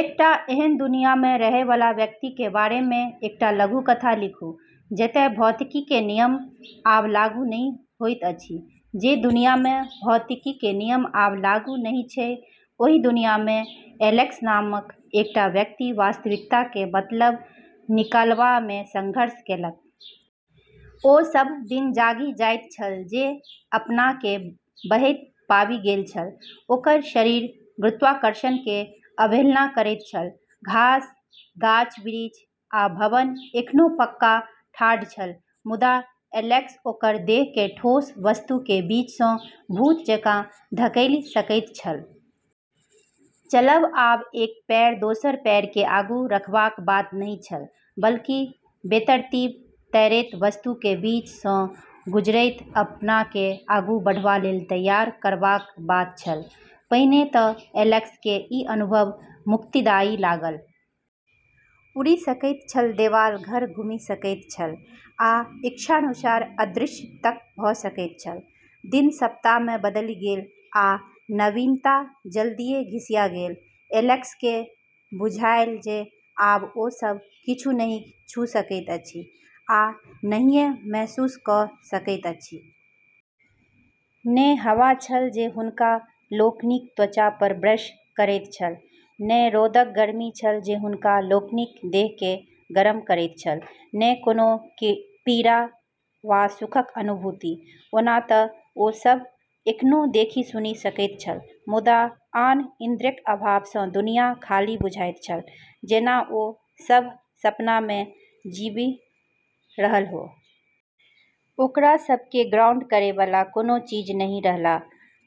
एकटा एहन दुनिया मे रहय वाला व्यक्ति के बारे मे एकटा लघुकथा लिखू जतय भौतिकी के नियम आब लागू नहि होइत अछि। जे दुनिया मे भौतिकी के नियम आब लागू नहि छै, ओहि दुनिया मे एलेक्स नामक एकटा व्यक्ति वास्तविकता के मतलब निकालबा मे संघर्ष केलक। ओ सभ दिन जागि जाइत छल जे अपना के बहैत पाबि गेल छल, ओकर शरीर गुरुत्वाकर्षण के अवहेलना करैत छल। घास, गाछ-बिरिछ आ भवन एखनो पक्का ठाढ़ छल, मुदा एलेक्स ओकर देह के ठोस वस्तु के बीच सँ भूत जकाँ धकेलि सकैत छल। चलब आब एक पैर दोसर पैर के आगू रखबाक बात नहि छल, बल्कि बेतरतीब तैरैत वस्तु के बीच सँ गुजरैत अपना के आगू बढ़बा लेल तैयार करबाक बात छल। पहिने त एलेक्स के ई अनुभव मुक्तिदायी लागल। उड़ि सकैत छल, देवाल पर घुमि सकैत छल, आ इच्छानुसार अदृश्य तक भ सकैत छल। दिन सप्ताह मे बदलि गेल, आ नवीनता जल्दिये घिसिया गेल। एलेक्स के बुझायल जे आब ओ सब किछु नहि छू सकैत अछि आ नहिये महसूस क सकैत अछि। ने हवा छल जे हुनका लोकनिक त्वचा पर ब्रश करैत छल, ने रौदक गर्मी छल जे हुनका लोकनिक देह के गरम करैत छल, ने कोनो पीड़ा वा सुखक अनुभूति। ओना त ओ सभ एखनो देखि-सुनि सकैत छल, मुदा आन इन्द्रियक अभाव सँ दुनिया खाली बुझाइत छल, जेना ओ सभ सपना मे जीबि रहल हो। ओकरा सब के ग्राउंड करै वाला कोनो चीज नहि रहला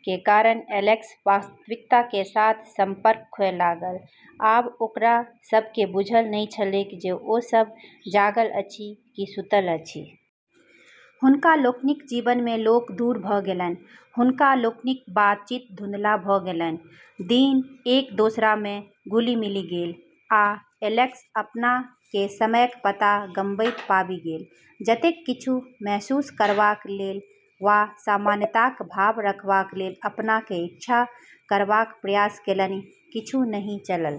के कारण एलेक्स वास्तविकता के साथ संपर्क खोय लागल। आब ओकरा सब के बुझल नहि छलैक जे ओ सभ जागल अछि कि सुतल अछि। हुनका लोकनिक जीवन मे लोक दूर भ गेलनि, हुनका लोकनिक बातचीत धुंधला भ गेलनि। दिन एक दोसरा मे घुलि-मिलि गेल, आ एलेक्स अपना के समयक पता गमबैत पाबि गेल। जतेक किछु महसूस करबाक लेल वा सामान्यताक भाव रखबा लेल अपना के इच्छा करबाक प्रयास केलनि, किछु नहि चलल।